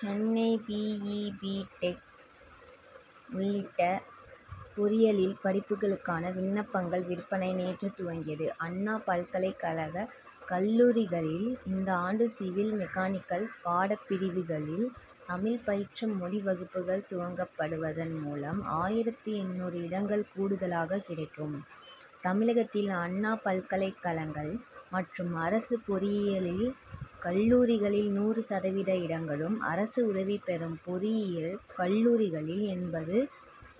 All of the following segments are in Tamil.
Chennai B. E. B. Tech. உள்ளிட்ட பொறியியல் படிப்புகளுக்கான விண்ணப்பங்கள் விற்பனை நேற்று துவங்கியது. அண்ணா பல்கலைக் கழக கல்லூரிகளில் இந்த ஆண்டு சிவில் மெக்கானிக்கல் பாடப்பிரிவுகளில் தமிழ் பயிற்று மொழி வகுப்புகள் துவக்கப்படுவதன் மூலம் ஆயிரத்து எண்ணூறு இடங்கள் கூடுதலாக கிடைக்கும். தமிழகத்தில் அண்ணா பல்கலைக் கழகங்கள் மற்றும் அரசு பொறியியல் கல்லூரிகளில் நூறு சதவீத இடங்களும் அரசு உதவிபெறும் பொறியியல் கல்லூரிகளில் எண்பது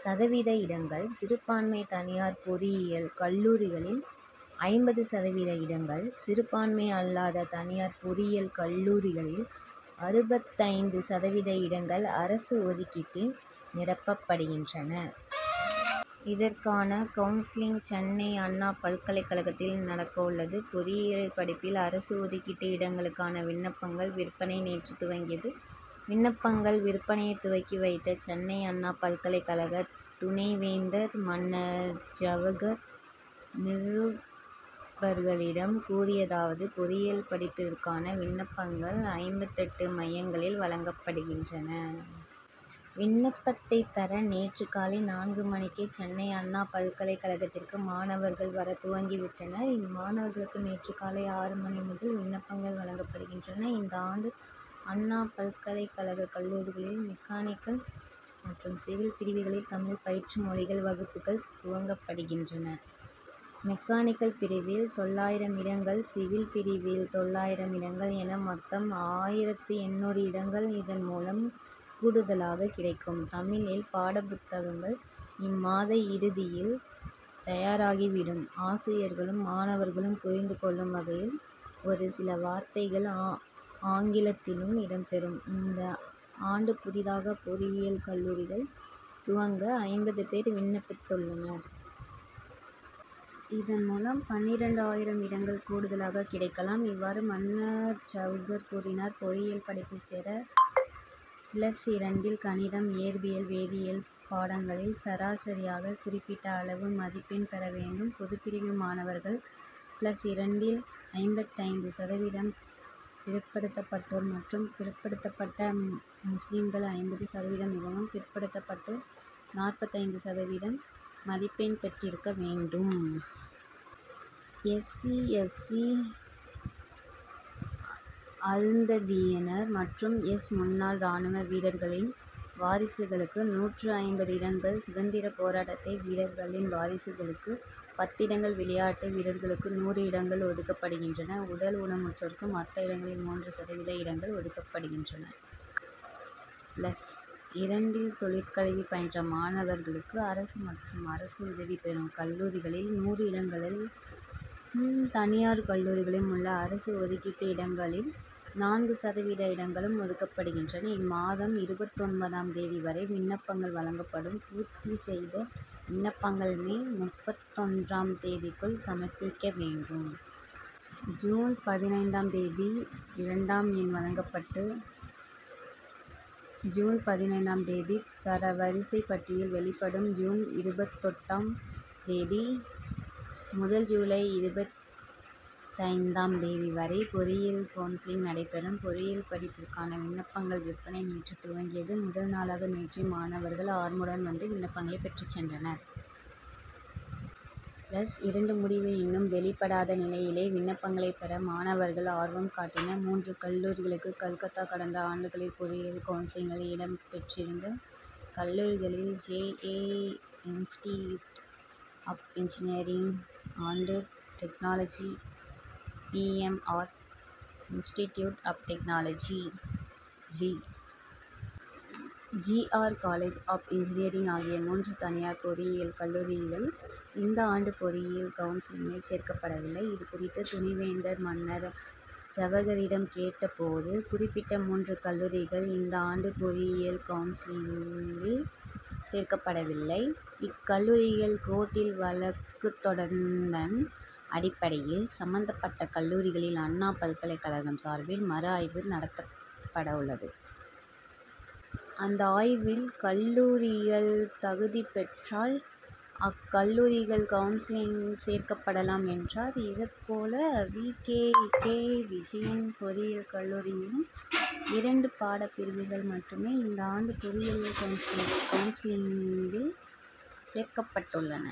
சதவீத இடங்கள் சிறுபான்மை தனியார் பொறியியல் கல்லூரிகளில் ஐம்பது சதவீத இடங்கள் சிறுபான்மை அல்லாத தனியார் பொறியியல் கல்லூரிகளில் அறுபத்தைந்து சதவீத இடங்கள் அரசு ஒதுக்கீட்டில் நிரப்பப்படுகின்றன. இதற்கான கவுன்சிலிங் சென்னை அண்ணா பல்கலைக் கழகத்தில் நடக்கவுள்ளது. பொறியியல் படிப்பில் அரசு ஒதுக்கீட்டு இடங்களுக்கான விண்ணப்பங்கள் விற்பனை நேற்று துவங்கியது. விண்ணப்பங்கள் விற்பனையை துவக்கி வைத்த சென்னை அண்ணா பல்கலைக் கழக துணைவேந்தர் மன்னர் ஜவகர் நிருபர்களிடம் கூறியதாவது பொறியியல் படிப்பிற்கான விண்ணப்பங்கள் ஐம்பத்தெட்டு மையங்களில் வழங்கப்படுகின்றன. விண்ணப்பத்தை பெற நேற்று காலை நான்கு மணிக்கே சென்னை அண்ணா பல்கலைக் கழகத்திற்கு மாணவர்கள் வரத் துவங்கி விட்டனர். இம்மாணவர்களுக்கு நேற்று காலை ஆறு மணி முதல் விண்ணப்பங்கள் வழங்கப்படுகின்றன. இந்த ஆண்டு அண்ணா பல்கலைக் கழக கல்லூரிகளில் மெக்கானிக்கல் மற்றும் சிவில் பிரிவுகளில் தமிழ் பயிற்று மொழி வகுப்புகள் துவக்கப்படுகின்றன. மெக்கானிக்கல் பிரிவில் தொள்ளாயிரம் இடங்கள் சிவில் பிரிவில் தொள்ளாயிரம் இடங்கள் என மொத்தம் ஆயிரத்து எண்ணூறு இடங்கள் இதன்மூலம் கூடுதலாக கிடைக்கும். தமிழில் பாடப்புத்தகங்கள் இம்மாத இறுதியில் தயாராகிவிடும். ஆசிரியர்களும் மாணவர்களும் புரிந்து கொள்ளும் வகையில் ஒரு சில வார்த்தைகள் ஆங்கிலத்திலும் இடம்பெறும். இந்த ஆண்டு புதிதாக பொறியியல் கல்லூரிகள் துவங்க ஐம்பது பேர் விண்ணப்பித்துள்ளனர். இதன்மூலம் பன்னிரண்டு ஆயிரம் இடங்கள் கூடுதலாக கிடைக்கலாம். இவ்வாறு மன்னர் ஜவகர் கூறினார் பொறியியல் படிப்பில் சேர பிளஸ் இரண்டில் கணிதம் இயற்பியல் வேதியியல் பாடங்களில் சராசரியாக குறிப்பிட்ட அளவு மதிப்பெண் பெற வேண்டும். பொதுப்பிரிவு மாணவர்கள் பிளஸ் இரண்டில் ஐம்பத்தைந்து சதவீதம் பிற்படுத்தப்பட்டோர் மற்றும் பிற்படுத்தப்பட்ட முஸ்லிம்கள் ஐம்பது சதவீதம் மிகவும் பிற்படுத்தப்பட்டோர் நாற்பத்தைந்து சதவீதம் மதிப்பெண் பெற்றிருக்க வேண்டும். எஸ். சி. எஸ். சி. அருந்ததியினர் மற்றும் எஸ். முன்னாள் ராணுவ வீரர்களின் வாரிசுகளுக்கு நூற்று ஐம்பது இடங்கள் சுதந்திரப் போராட்ட வீரர்களின் வாரிசுகளுக்கு பத்து இடங்கள் விளையாட்டு வீரர்களுக்கு நூறு இடங்கள் ஒதுக்கப்படுகின்றன. உடல் ஊனமுற்றோருக்கு மொத்த இடங்களில் மூன்று சதவீத இடங்கள் ஒதுக்கப்படுகின்றன. பிளஸ் இரண்டில் தொழிற்கல்வி பயின்ற மாணவர்களுக்கு அரசு மற்றும் அரசு உதவிபெறும் கல்லூரிகளில் நூறு இடங்களும் தனியார் கல்லூரிகளில் உள்ள அரசு ஒதுக்கீட்டு இடங்களில் நான்கு சதவீத இடங்களும் ஒதுக்கப்படுகின்றன. இம்மாதம் இருபத்தொன்பதாம் தேதி வரை விண்ணப்பங்கள் வழங்கப்படும். பூர்த்தி செய்த விண்ணப்பங்களை மே முப்பத்தொன்றாம் தேதிக்குள் சமர்ப்பிக்க வேண்டும். ஜூன் பதினைந்தாம் தேதி ரேண்டம் எண் வழங்கப்பட்டு ஜூன் பதினெட்டாம் தேதி தரவரிசைப் பட்டியல் வெளியிடப்படும். ஜூன் இருபத்தெட்டாம் தேதி முதல் ஜூலை இருபத்தைந்தாம் தேதி வரை பொறியியல் கவுன்சிலிங் நடைபெறும். பொறியியல் படிப்பிற்கான விண்ணப்பங்கள் விற்பனை நேற்று துவங்கியது. முதல் நாளான நேற்றே மாணவர்கள் ஆர்வமுடன் வந்து விண்ணப்பங்களை பெற்றுச் சென்றனர். பிளஸ் இரண்டு முடிவு இன்னும் வெளியிடப்படாத நிலையிலேயே விண்ணப்பங்களை பெற மாணவர்கள் ஆர்வம் காட்டினர். மூன்று கல்லூரிகளுக்கு கல்தா கடந்த ஆண்டுகளில் பொறியியல் கவுன்சிலிங்கில் இடம்பெற்றிருந்த கல்லூரிகளில் J. A. Institute of engineering and technology P. M. R. Institute of technology G. G. R. College of engineering ஆகிய மூன்று தனியார் பொறியியல் கல்லூரிகள் இந்த ஆண்டு பொறியியல் கவுன்சிலிங்கில் சேர்க்கப்படவில்லை. இதுகுறித்து துணைவேந்தர் மன்னர் ஜவகரிடம் கேட்டபோது குறிப்பிட்ட மூன்று கல்லூரிகள் இந்த ஆண்டு பொறியியல் கவுன்சிலிங்கில் சேர்க்கப்படவில்லை. இக்கல்லூரிகள் கோர்ட்டில் வழக்கு தொடர்ந்ததன் அடிப்படையில் சம்பந்தப்பட்ட கல்லூரிகளில் அண்ணா பல்கலைக் கழகம் சார்பில் மறு ஆய்வு நடத்தப்படவுள்ளது. அந்த ஆய்வில் கல்லூரிகள் தகுதி பெற்றால் அக்கல்லூரிகள் கவுன்சிலிங்கில் சேர்க்கப்படலாம் என்றார். இதேபோல வி. கே. கே. விஜயன் பொறியியல் கல்லூரியிலும் இரண்டு பாடப்பிரிவுகள் மட்டுமே இந்த ஆண்டு பொறியியல் கவுன்சிலிங்கில் சேர்க்கப்பட்டுள்ளன.